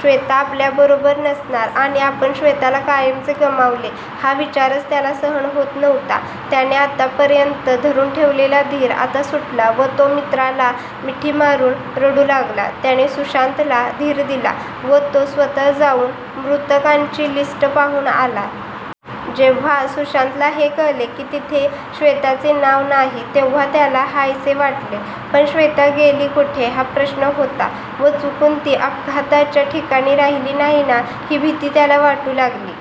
श्वेता आपल्याबरोबर नसणार किंवा आपण श्वेताला कायमचे गमावले हा विचारच त्याला सहन होत नव्हता. त्याने आतापर्यंत धरून ठेवलेला धीर आता सुटला व तो मित्राला मिठी मारून रडू लागला. त्याने सुशांतला धीर दिला व तो स्वतः जाऊन मृतकांची लिस्ट पाहून आला. जेव्हा सुशांतला हे कळले की तिथे श्वेताचे नाव नाही तेव्हा त्याला हायसे वाटले, पण श्वेता गेली कुठे हा प्रश्न होता व चुकून ती अपघाताच्या ठिकाणी राहिली नाही ना ही भीती त्याला वाटू लागली.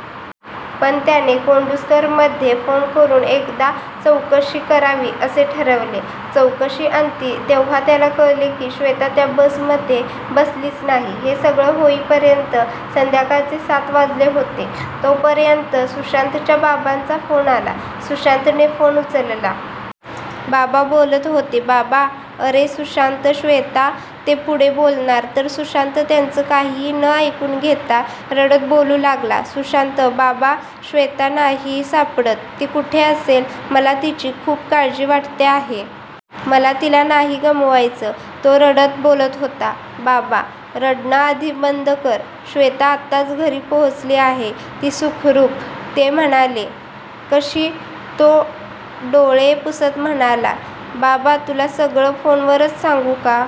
पण त्याने कोंडूस्करमध्ये फोन करून एकदा चौकशी करावी असे ठरवले. चौकशीअंती तेव्हा त्याला कळले की श्वेता त्या बसमध्ये बसलीच नाही. हे सगळं होईपर्यंत संध्याकाळचे सात वाजले होते. तोपर्यंत सुशांतच्या बाबांचा फोन आला, सुशांतने फोन उचलला. बाबा बोलत होते. बाबा, अरे सुशांत श्वेता, ते पुढे बोलणार तर सुशांत त्यांचं काहीही न ऐकून घेता रडत बोलू लागला. सुशांत, बाबा श्वेता नाही सापडत. ती कुठे असेल, मला तिची खूप काळजी वाटते आहे. मला तिला नाही गमवायचं! तो रडत बोलत होता. बाबा, रडणं आधी बंद कर! श्वेता आत्ताच घरी पोहोचली आहे. ती सुखरूप! ते म्हणाले. कशी, तो डोळे पुसत म्हणाला. बाबा, तुला सगळं फोनवरच सांगू का?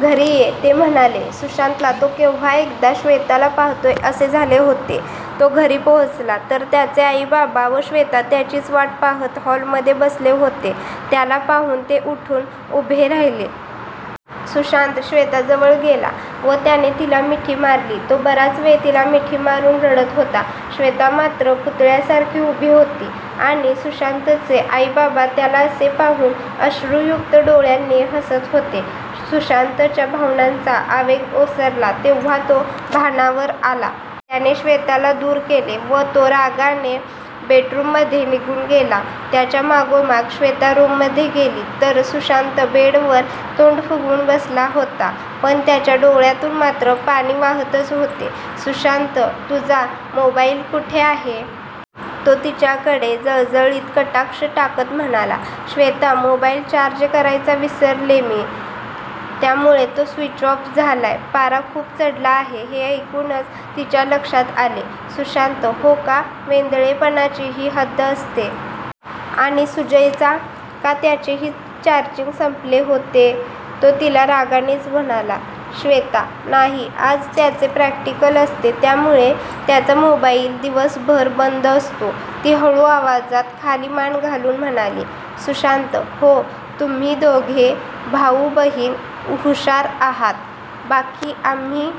घरी ये! ते म्हणाले. सुशांतला तो केव्हा एकदा श्वेताला पाहतोय असे झाले होते. तो घरी पोहोचला. तर त्याचे आई-बाबा व श्वेता त्याचीच वाट पाहत हॉलमध्ये बसले होते. त्याला पाहून ते उठून उभे राहिले. सुशांत श्वेताजवळ गेला व त्याने तिला मिठी मारली. तो बराच वेळ तिला मिठी मारून रडत होता. श्वेता मात्र पुतळ्यासारखी उभी होती आणि सुशांतचे आई-बाबा त्याला असे पाहून अश्रूयुक्त डोळ्यांनी हसत होते. सुशांतच्या भावनांचा आवेग ओसरला तेव्हा तो भानावर आला. त्याने श्वेताला दूर केले व तो रागाने बेडरूममध्ये निघून गेला. त्याच्या मागोमाग श्वेता रूममध्ये गेली. तर सुशांत बेडवर तोंड फुगवून बसला होता. पण त्याच्या डोळ्यांतून मात्र पाणी वाहतच होते. सुशांत, तुझा मोबाईल कुठे आहे? तो तिच्याकडे जळजळीत कटाक्ष टाकत म्हणाला. श्वेता, मोबाईल चार्ज करायचा विसरले मी, त्यामुळे तो स्विच ऑफ झालाय, पारा खूप चढला आहे हे ऐकूनच तिच्या लक्षात आले. सुशांत, हो का? वेंधळेपणाची ही हद्द असते. आणि सुजयचा, का त्याचेही चार्जिंग संपले होते? तो तिला रागानेच म्हणाला. श्वेता, नाही, आज त्याचे प्रॅक्टिकल असते त्यामुळे त्याचा मोबाईल दिवसभर बंद असतो. ती हळू आवाजात खाली मान घालून म्हणाली. सुशांत, हो, तुम्ही दोघे भाऊ-बहीण हुशार आहात, बाकी आम्ही